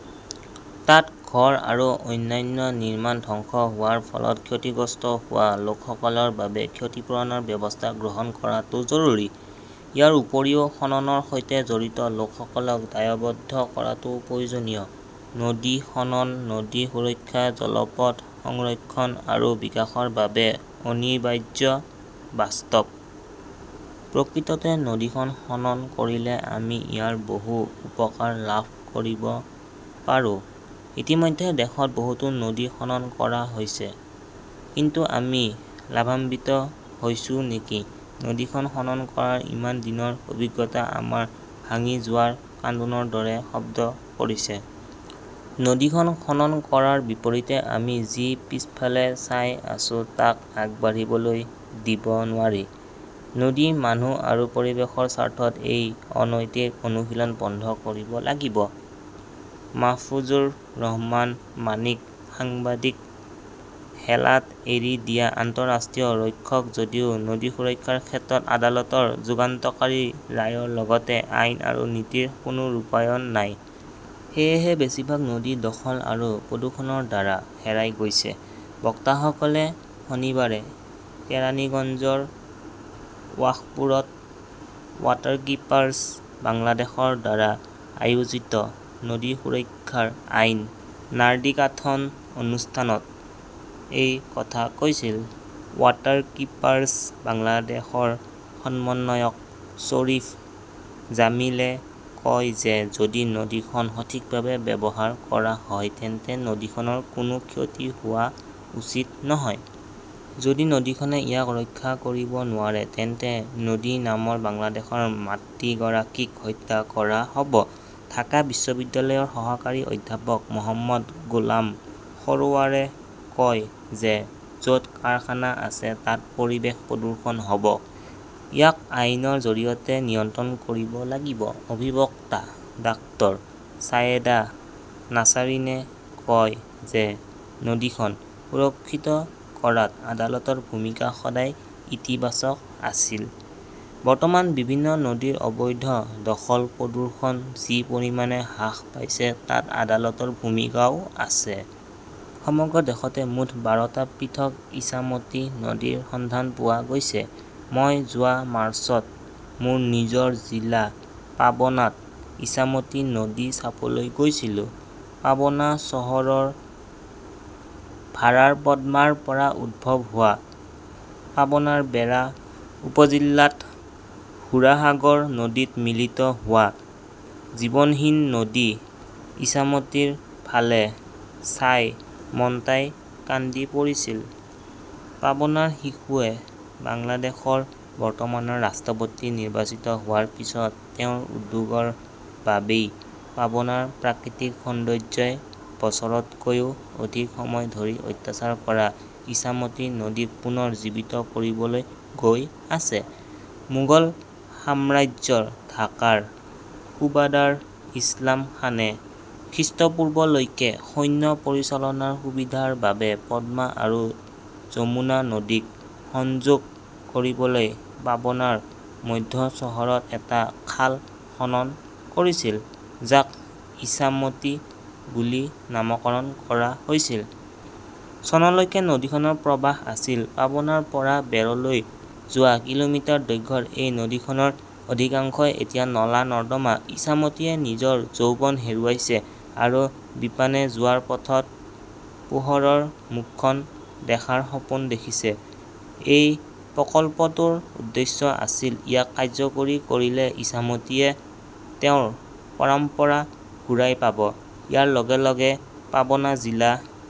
তাত ঘৰ আৰু অন্যান্য নিৰ্মাণ ধ্বংস হোৱাৰ ফলত ক্ষতিগ্ৰস্ত হোৱা লোকসকলৰ বাবে ক্ষতিপূৰণৰ ব্যৱস্থা গ্ৰহণ কৰাটো জৰুৰী। ইয়াৰ উপৰিও খননৰ সৈতে জড়িত লোকসকলক দায়বদ্ধ কৰাটোও প্ৰয়োজনীয়। নদী খনন নদী সুৰক্ষা, জলপথ সংৰক্ষণ আৰু বিকাশৰ বাবে অনিবাৰ্য বাস্তৱ। প্ৰকৃততে নদীখন খনন কৰিলে আমি ইয়াৰ বহু উপকাৰ লাভ কৰিব পাৰোঁ। ইতিমধ্যে দেশত বহুতো নদী খনন কৰা হৈছে। কিন্তু আমি লাভান্বিত হৈছো নেকি নদীখন খনন কৰাৰ ইমান দিনৰ অভিজ্ঞতা আমাৰ ভাঙি যোৱাৰ কান্দোনৰ দৰে শব্দ কৰিছে। নদীখন খনন কৰাৰ বিপৰীতে আমি যি পিছফালে চাই আছো তাক আগবাঢ়িবলৈ দিব নোৱাৰি। নদী, মানুহ আৰু পৰিৱেশৰ স্বাৰ্থত এই অনৈতিক অনুশীলন বন্ধ কৰিব লাগিব। মাহফুজুৰ ৰহমান মাণিকঃ সাংবাদিক হেলাত এৰি দিয়া আন্তঃৰাষ্ট্ৰীয় ৰক্ষক যদিও নদী সুৰক্ষাৰ ক্ষেত্ৰত আদালতৰ যুগান্তকাৰী ৰায়ৰ লগতে আইন আৰু নীতিৰ কোনো ৰূপায়ণ নাই। সেয়েহে বেছিভাগ নদী দখল আৰু প্ৰদূষণৰ দ্বাৰা হেৰাই গৈছে। বক্তাসকলে শনিবাৰে কেৰানিগঞ্জৰ ৱাশপুৰত ৱাটাৰকীপাৰ্ছ বাংলাদেশৰ দ্বাৰা আয়োজিত নদী সুৰক্ষাৰ আইন নাৰ্দিকাথন অনুষ্ঠানত এই কথা কৈছিল। ৱাটাৰকীপাৰ্ছ বাংলাদেশৰ সমন্বয়ক শ্বৰীফ জামিলে কয় যে যদি নদীখন সঠিকভাৱে ব্যৱহাৰ কৰা হয় তেন্তে নদীখনৰ কোনো ক্ষতি হোৱা উচিত নহয়। যদি নদীখনে ইয়াক ৰক্ষা কৰিব নোৱাৰে, তেন্তে নদী নামৰ বাংলাদেশৰ মাতৃগৰাকীক হত্যা কৰা হ 'ব। ঢাকা বিশ্ববিদ্যালয়ৰ সহকাৰী অধ্যাপক মহম্মদ গোলাম সৰোৱাৰে কয় যে য 'ত কাৰখানা আছে তাত পৰিৱেশ প্ৰদূষণ হ' ব। ইয়াক আইনৰ জৰিয়তে নিয়ন্ত্ৰণ কৰিব লাগিব। অধিবক্তা ডাঃ ছায়েদা নাছাৰিনে কয় যে নদীখন সুৰক্ষিত কৰাত আদালতৰ ভূমিকা সদায় ইতিবাচক আছিল। বৰ্তমান বিভিন্ন নদীৰ অবৈধ দখল-প্ৰদূষণ যি পৰিমাণে হ্ৰাস পাইছে তাত আদালতৰ ভূমিকাও আছে। সমগ্ৰ দেশতে মুঠ বাৰ টা পৃথক ইছামতী নদীৰ সন্ধান পোৱা গৈছে। মই যোৱা মাৰ্চত মোৰ নিজৰ জিলা পাবনাত ইছামতী নদী চাবলৈ গৈছিলো। পাবনা চহৰৰ ভাৰাৰ পদ্মাৰ পৰা উদ্ভৱ হোৱা, পাবনাৰ বেৰা উপজিল্লাত হুৰাসাগৰ নদীত মিলিত হোৱা জীৱনহীন নদী ইছামতীৰ ফালে চাই মন্টাই কান্দি পৰিছিল। পাবনাৰ শিশুৱে বাংলাদেশৰ বৰ্তমানৰ ৰাষ্ট্ৰপতি নিৰ্বাচিত হোৱাৰ পিছত তেওঁৰ উদ্যোগৰ বাবেই পাবনাৰ প্ৰাকৃতিক সৌন্দৰ্যই বছৰতকৈও অধিক সময় ধৰি অত্যাচাৰ কৰা ইছামতী নদীক পুনৰ জীৱিত কৰিবলৈ গৈ আছে। মোগল সাম্ৰাজ্যৰ ঢাকাৰ সুবাদাৰ ইছলাম খানে খ্ৰীষ্টপূৰ্বলৈকে সৈন্য পৰিচালনাৰ সুবিধাৰ বাবে পদ্মা আৰু যমুনা নদীক সংযোগ কৰিবলৈ পাবনাৰ মধ্য চহৰত এটা খাল খনন কৰিছিল, যাক ইছামতী বুলি নামকৰণ কৰা হৈছিল। চনলৈকে নদীখনৰ প্ৰবাহ আছিল। পাবনাৰ পৰা বেৰলৈ যোৱা কিলোমিটাৰ দৈৰ্ঘ্যৰ এই নদীখনৰ অধিকাংশই এতিয়া নলা-নৰ্দমা। ইছামতীয়ে নিজৰ যৌৱন হেৰুৱাইছে আৰু বিপানে যোৱাৰ পথত পোহৰৰ মুখখন দেখাৰ সপোন দেখিছে। এই প্ৰকল্পটোৰ উদ্দেশ্য আছিল-ইয়াক কাৰ্যকৰী কৰিলে ইছামতীয়ে তেওঁৰ পৰম্পৰা ঘূৰাই পাব। ইয়াৰ লগে লগে পাবনা জিলা